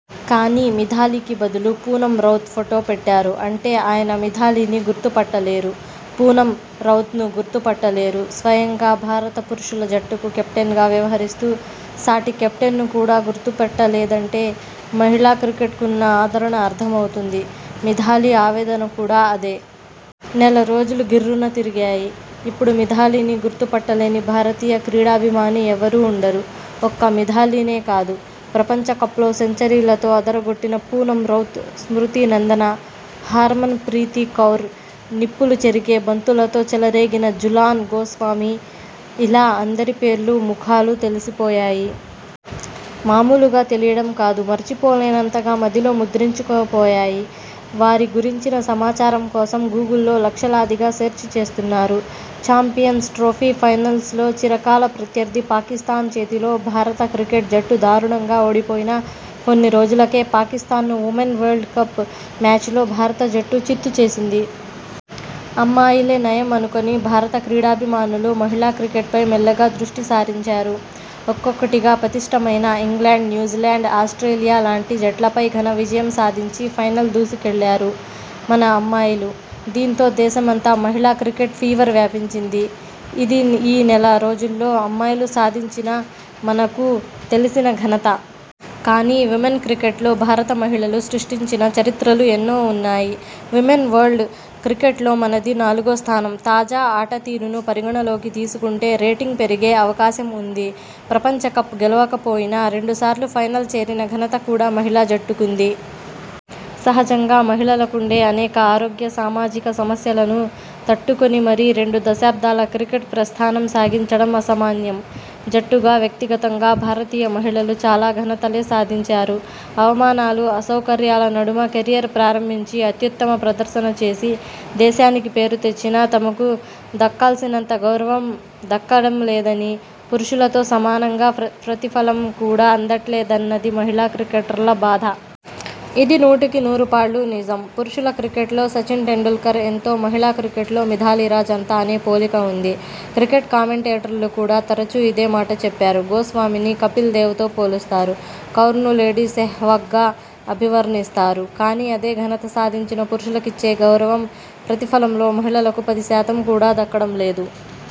కానీ మిథాలీకి బదులు పూనమ్ రౌత్ ఫోటో పెట్టారు. అంటే ఆయన మిథాలీని గుర్తుపట్టలేరు. పూనమ్ రౌత్ను గుర్తు పట్టలేరు. స్వయంగా భారత పురుషుల జట్టుకు కెప్టెన్గా వ్యవహరిస్తూ సాటి కెప్టెన్ను కూడా గుర్తు పట్టలేదంటే మహిళా క్రికెట్కున్న ఆదరణ అర్థం అవుతుంది. మిథాలీ ఆవేదన కూడా అదే. నెల రోజులు గిర్రున తిరిగాయి. ఇప్పుడు మిథాలీని గుర్తు పట్టలేని భారతీయ క్రీడాభిమాని ఎవరూ ఉండరు. ఒక్క మిథాలీనే కాదు. ప్రపంచ కప్లో సెంచరీలతో అదరగొట్టిన పూనమ్ రౌత్, స్మృతి నందన, హర్మన్ ప్రీత్ కౌర్, నిప్పులు చెరిగే బంతులతో చెలరేగిన జులాన్ గోస్వామి ఇలా అందరి పేర్లూ, ముఖాలూ తెలిసిపోయాయి. మామూలుగా తెలియడం కాదు. మరిచిపోలేనంతగా మదిలో ముద్రించుకుపోయాయి. వారి గురించిన సమాచారం కోసం గూగుల్లో లక్షలాదిగా సెర్చ్ చేస్తున్నారు. ఛాంపియన్స్ ట్రోఫీ– ఫైనల్స్లో చిరకాల ప్రత్యర్థి పాకిస్తాన్ చేతిలో భారత క్రికెట్ జట్టు దారుణంగా ఓడిపోయిన కొన్ని రోజులకే, పాకిస్తాన్ను విమెన్ వరల్డ్ కప్ మ్యాచ్లో భారత జట్టు చిత్తు చేసింది. అమ్మాయిలే నయం అనుకుని భారత క్రీడాభిమానులు మహిళా క్రికెట్పై మెల్లగా దృష్టి సారించారు. ఒక్కొక్కటిగా పటిష్టమైన ఇంగ్లండ్, న్యూజీలాండ్, ఆస్ట్రేలియా లాంటి జట్లపై ఘన విజయం సాధించి ఫైనల్ దూసుకెళ్లారు మన అమ్మాయిలు. దీంతో దేశమంతా మహిళా క్రికెట్ ఫీవర్ వ్యాపించింది. ఇది ఈ నెల రోజుల్లో అమ్మాయిలు సాధించిన మనకు తెలిసిన ఘనత. కానీ విమెన్ క్రికెట్లో భారత మహిళలు సృష్టించిన చరిత్రలు ఎన్నో ఉన్నాయి. విమెన్ వన్డే క్రికెట్లో మనది నాలుగో స్థానం. తాజా ఆటతీరును పరిగణలోకి తీసుకుంటే రేటింగ్ పెరిగే అవకాశం ఉంది. ప్రపంచ కప్ గెలవలేకపోయినా, రెండు సార్లు ఫైనల్ చేరిన ఘనత కూడా మహిళా జట్టుకుంది. సహజంగా మహిళలకుండే అనేక ఆరోగ్య, సామాజిక సమస్యలను తట్టు కుని మరీ రెండు దశాబ్దాల క్రికెట్ ప్రస్థానం సాగించడం అసామాన్యం. జట్టుగా, వ్యక్తిగతంగా భారతీయ మహిళలు చాలా ఘనతలే సాధించారు. అవమనాలు, అసౌకర్యాల నడుమ కెరీర్ ప్రారంభించి అత్యుత్తమ ప్రద ర్శన చేసి, దేశానికి పేరు తెచ్చినా తమకు దక్కాల్సినంత గౌరవం దక్కడం లేదని, పురుషులతో సమానంగా ప్రతిఫలం కూడా అందట్లేదన్నది మహిళా క్రికెటర్ల బాధ. ఇది నూటికి నూరుపాళ్లు నిజం. పురుషుల క్రికెట్లో సచిన్ టెండూల్కర్ ఎంతో మహిళా క్రికెట్లో మిథాలీరాజ్ అంత అనే పోలిక ఉంది. క్రికెట్ కామెంటేటర్లు కూడా తరచూ ఇదే మాట చెప్పారు. గోస్వామిని కపిల్ దేవ్తో పోలుస్తారు. కౌర్ను లేడీ సెహ్వాగ్గా అభివర్ణిస్తారు. కానీ అదే ఘనత సాధించిన పురుషులకిచ్చే గౌరవం, ప్రతిఫలంలో మహిళలకు పది శాతం కూడా దక్కడం లేదు.